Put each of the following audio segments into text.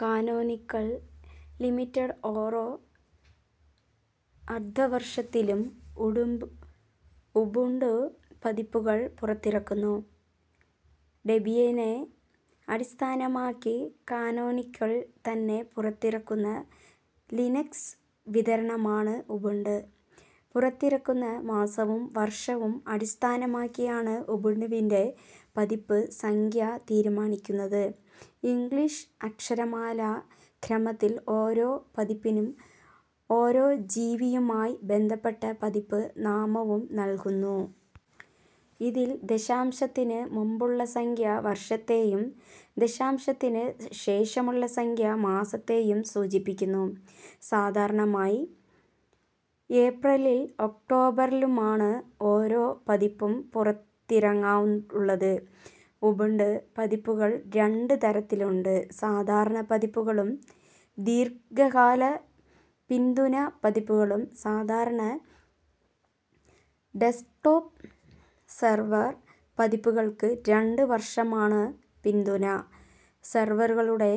Canonical limited ഓരോ അർദ്ധവർഷത്തിലും ഉടു ഉബുണ്ടു പതിപ്പുകൾ പുറത്തിറക്കുന്നു. ഡെബിയനെ അടിസ്ഥാനമാക്കി കാനോനിക്കൽ തന്നെ പുറത്തിറക്കുന്ന ലിനക്സ് വിതരണമാണ് ഉബുണ്ടു. പുറത്തിറക്കുന്ന മാസവും വർഷവും അടിസ്ഥാനമാക്കിയാണ് ഉബുണ്ടുവിൻ്റെ പതിപ്പ് സംഖ്യ തീരുമാനിക്കുന്നത്. ഇംഗ്ലിഷ് അക്ഷരമാലാ ക്രമത്തിൽ ഓരോ പതിപ്പിനും ഓരോ ജീവിയുമായി ബന്ധപ്പെട്ട പതിപ്പ് നാമവും നൽകുന്നു. ഇതിൽ ദശാംശത്തിന് മുമ്പുള്ള സംഖ്യ വർഷത്തേയും ദശാംശത്തിന് ശേഷമുള്ള സംഖ്യ മാസത്തേയും സൂചിപ്പിക്കുന്നു. സാധാരണയായി ഏപ്രിലിലും ഒക്ടോബറിലുമാണ് ഓരോ പതിപ്പും പുറത്തിറങ്ങാറുള്ളത്. ഉബുണ്ടു പതിപ്പുകൾ രണ്ട് തരത്തിലുണ്ട്. സാധാരണ പതിപ്പുകളും ദീർഘകാല പിന്തുണാ പതിപ്പുകളും. സാധാരണ ഡെസ്ക്ടോപ്പ്, സെർവർ പതിപ്പുകൾക്ക് രണ്ട് വർഷമാണ് പിന്തുണ. സെർവറുകളുടെ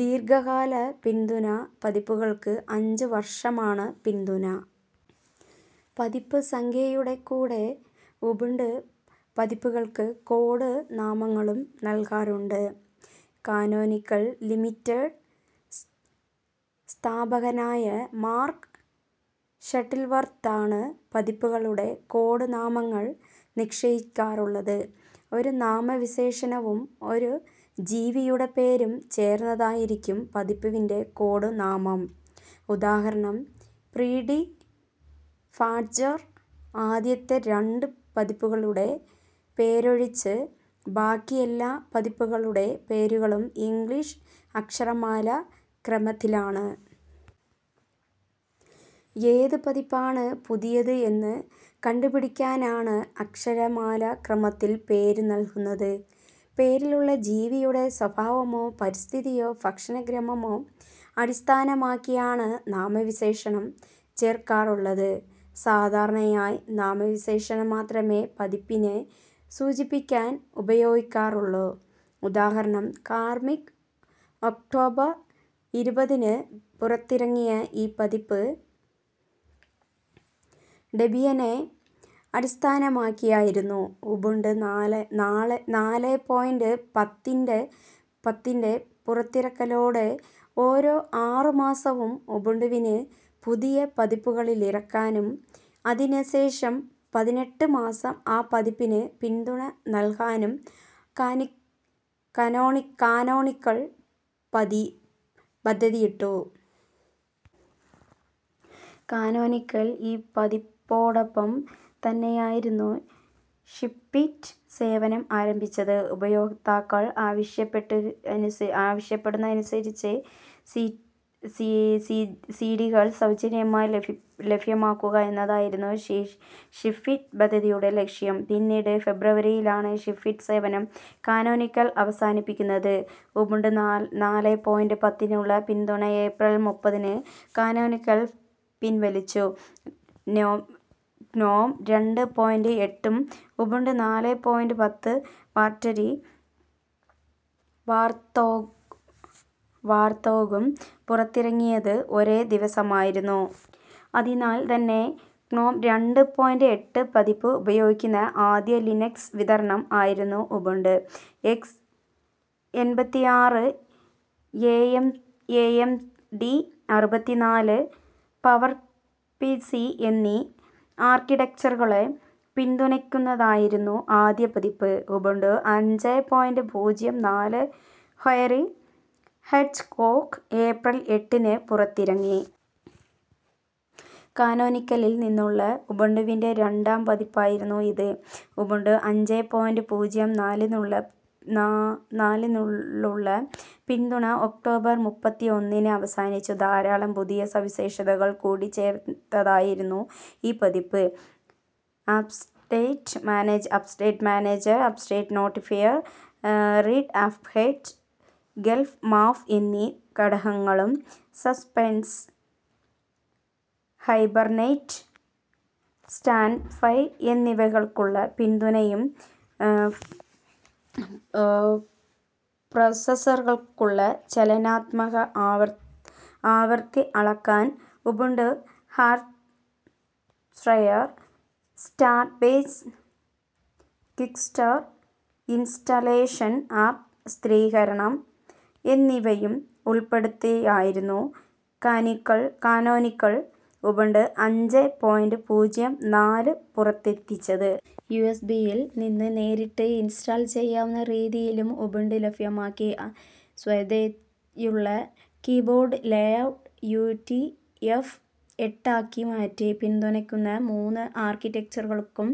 ദീർഘകാല പിന്തുണാ പതിപ്പുകൾക്ക് അഞ്ച് വർഷമാണ് പിന്തുണ. പതിപ്പ് സംഖ്യയുടെ കൂടെ ഉബുണ്ടു പതിപ്പുകൾക്ക് കോഡ് നാമങ്ങളും നൽകാറുണ്ട്. കാനോനിക്കൽ ലിമിറ്റഡ് സ്ഥാപകനായ മാർക്ക് ഷട്ടിൽവർത്താണ് പതിപ്പുകളുടെ കോഡ് നാമങ്ങൾ നിശ്ചയിക്കാറുള്ളത്. ഒരു നാമവിശേഷണവും ഒരു ജീവിയുടെ പേരും ചേർന്നതായിരിക്കും പതിപ്പിൻ്റെ കോഡ് നാമം. ഉദാഹരണം ബ്രീഡി ബാഡ്ജർ. ആദ്യത്തെ രണ്ട് പതിപ്പുകളുടെ പേരൊഴിച്ച് ബാക്കിയെല്ലാ പതിപ്പുകളുടെ പേരുകളും ഇംഗ്ലിഷ് അക്ഷരമാലാ ക്രമത്തിലാണ്. ഏത് പതിപ്പാണ് പുതിയത് എന്ന് കണ്ടുപിടിക്കാനാണ് അക്ഷരമാലാക്രമത്തിൽ പേര് നൽകുന്നത്. പേരിലുള്ള ജീവിയുടെ സ്വഭാവമോ പരിസ്ഥിതിയോ ഭക്ഷണക്രമമോ അടിസ്ഥാനമാക്കിയാണ് നാമവിശേഷണം ചേർക്കാറുള്ളത്. സാധാരണയായി നാമവിശേഷണം മാത്രമേ പതിപ്പിനെ സൂചിപ്പിക്കാൻ ഉപയോഗിക്കാറുള്ളൂ. ഉദാഹരണം കാർമിക്. ഒക്ടോബർ ഇരുപതിന് പുറത്തിറങ്ങിയ ഈ പതിപ്പ് ഡെബിയനെ അടിസ്ഥാനമാക്കിയായിരുന്നു. ഉബുണ്ടു നാളെ നാലെ പോയിൻ്റ് പത്തിൻ്റെ പുറത്തിറക്കലോടെ ഓരോ ആറു മാസവും ഉബുണ്ടുവിന് പുതിയ പതിപ്പുകളിറക്കാനും അതിന് ശേഷം പതിനെട്ട് മാസം ആ പതിപ്പിന് പിന്തുണ നൽകാനും കാനോനിക്കൽ പതി പദ്ധതിയിട്ടു. കാനോനിക്കൽ ഈ പതിപ്പോടൊപ്പം തന്നെയായിരുന്നു ഷിപ്പിറ്റ് സേവനം ആരംഭിച്ചത്. ഉപയോക്താക്കൾ ആവശ്യപ്പെടുന്നതിനനുസരിച്ച് സീഡികൾ സൗജന്യമായി ലഭ്യമാക്കുക എന്നതായിരുന്നു ഷിപ്പിറ്റ് പദ്ധതിയുടെ ലക്ഷ്യം. പിന്നീട് ഫെബ്രുവരിയിലാണ് ഷിപ്പിറ്റ് സേവനം കാനോനിക്കൽ അവസാനിപ്പിക്കുന്നത്. ഉബുണ്ടു നാലെ പോയിൻ്റ് പത്തിനുള്ള പിന്തുണ ഏപ്രിൽ മുപ്പതിന് കാനോനിക്കൽ പിൻവലിച്ചു. ഗ്നോം രണ്ടെ പോയിൻ്റ് എട്ടും ഉബുണ്ടു നാലെ പോയിൻ്റ് പത്ത് വാർറ്ററി വാർത്തോ വാർത്തോഗും പുറത്തിറങ്ങിയത് ഒരേ ദിവസമായിരുന്നു. അതിനാൽ തന്നെ ഗ്നോം രണ്ടെ പോയിൻ്റ് എട്ട് പതിപ്പ് ഉപയോഗിക്കുന്ന ആദ്യ ലിനക്സ് വിതരണം ആയിരുന്നു ഉബുണ്ടു. എക്സ് എൺപത്തിആറ്, എ എം എഎംഡി അറുപത്തിനാല്, പവർപിസി എന്നീ ആർക്കിടെക്ചറുകളെ പിന്തുണക്കുന്നതായിരുന്നു ആദ്യ പതിപ്പ്. ഉബുണ്ടു അഞ്ചെ പോയിൻ്റ് പൂജ്യം നാല് ഹൊയറി ഹെഡ്ജ്ഹോഗ് ഏപ്രിൽ എട്ടിന് പുറത്തിറങ്ങി. കാനോനിക്കലിൽ നിന്നുള്ള ഉബുണ്ടുവിൻ്റെ രണ്ടാം പതിപ്പായിരുന്നു ഇത്. ഉബുണ്ടു അഞ്ചെ പോയിൻ്റ് പൂജ്യം നാലിനുള്ള ക നാലിനുനുള്ള പിന്തുണ ഒക്ടോബർ മുപ്പത്തിഒന്നിന് അവസാനിച്ചു. ധാരാളം പുതിയ സവിശേഷതകൾ കൂട്ടിച്ചേർത്തതായിരുന്നു ഈ പതിപ്പ്. Update manager, update notifier, readahead, grep map എന്നീ ഘടകങ്ങളും സസ്പെൻഡ്, ഹൈബർനേറ്റ്, സ്റ്റാൻഡ്ബൈ എന്നിവക്കുള്ള പിന്തുണയും പ്രൊസസറുകൾക്കുള്ള ചലനാത്മക ആവൃത്തി അളക്കൽ, Ubuntu hardware database, kickstart installation, apt സ്ഥിരീകരണം എന്നിവയും ഉൾപ്പെടുത്തിയായിരുന്നു കാനോനിക്കൽ ഉബുണ്ടു അഞ്ചെ പോയിൻ്റ് പൂജ്യം നാല് പുറത്തെത്തിച്ചത്. യുഎസ്ബിയിൽ നിന്ന് നേരിട്ട് ഇൻസ്റ്റാൾ ചെയ്യാവുന്ന രീതിയിലും ഉബുണ്ടു ലഭ്യമാക്കി. സ്വതേയുള്ള keyboard layout U. T. F എട്ടാക്കി മാറ്റി. പിന്തുണക്കുന്ന മൂന്ന് ആർക്കിടെക്ചറുകൾക്കും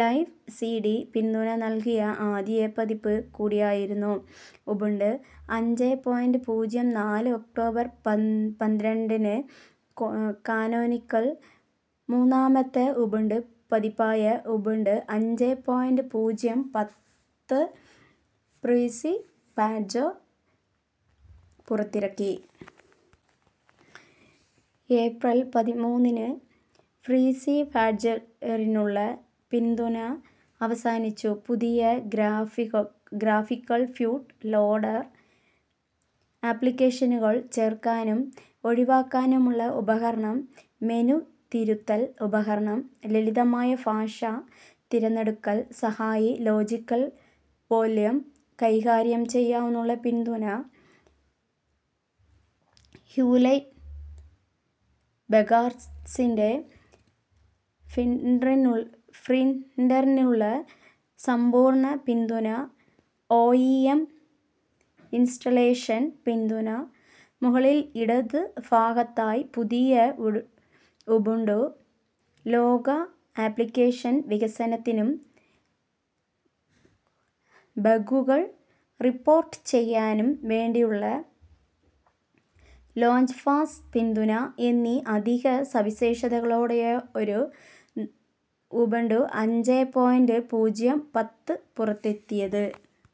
ലൈവ് സീഡി പിന്തുണ നൽകിയ ആദ്യ പതിപ്പ് കൂടിയായിരുന്നു ഉബുണ്ടു അഞ്ചെ പോയിൻ്റ് പൂജ്യം നാല്. ഒക്ടോബർ പന്ത്രണ്ടിന് കാനോനിക്കൽ മൂന്നാമത്തെ ഉബുണ്ടു പതിപ്പായ ഉബുണ്ടു അഞ്ചെ പോയിൻ്റ് പൂജ്യം പത്ത് ബ്രീസി ബാഡ്ജർ പുറത്തിറക്കി. ഏപ്രിൽ പതിമൂന്നിന് ബ്രീസി ബാഡ്ജറിനുള്ള പിന്തുണ അവസാനിച്ചു. പുതിയ ഗ്രാഫിക്കൽ ബൂട്ട് ലോഡർ, ആപ്ലികേഷനുകൾ ചേർക്കാനും ഒഴിവാക്കാനുമുള്ള ഉപകരണം, മെനു തിരുത്തൽ ഉപകരണം, ലളിതമായ ഭാഷാ തിരഞ്ഞെടുക്കൽ സഹായി, ലോജികൽ വോള്യം കൈകാര്യം ചെയ്യാനുള്ള പിന്തുണ, ഹ്യൂലെറ്റ് പക്കാർഡിൻ്റെ പ്രിൻ്ററിനുള്ള സമ്പൂർണ്ണ പിന്തുണ, ഓഇഎം ഇൻസ്റ്റാളേഷൻ പിന്തുണ, മുകളിൽ ഇടതു ഭാഗത്തായി പുതിയ ഉബുണ്ടു ലോഗോ, ആപ്ലികേഷൻ വികസനത്തിനും ബഗ്ഗുകൾ റിപ്പോട്ട് ചെയ്യാനും വേണ്ടിയുള്ള ലോഞ്ച്പാഡ് പിന്തുണ എന്നീ അധിക സവിശേഷതകളോടെയായിരുന്നു ഉബുണ്ടു അഞ്ചെ പോയിൻ്റ് പൂജ്യം പത്ത് പുറത്തെത്തിയത്.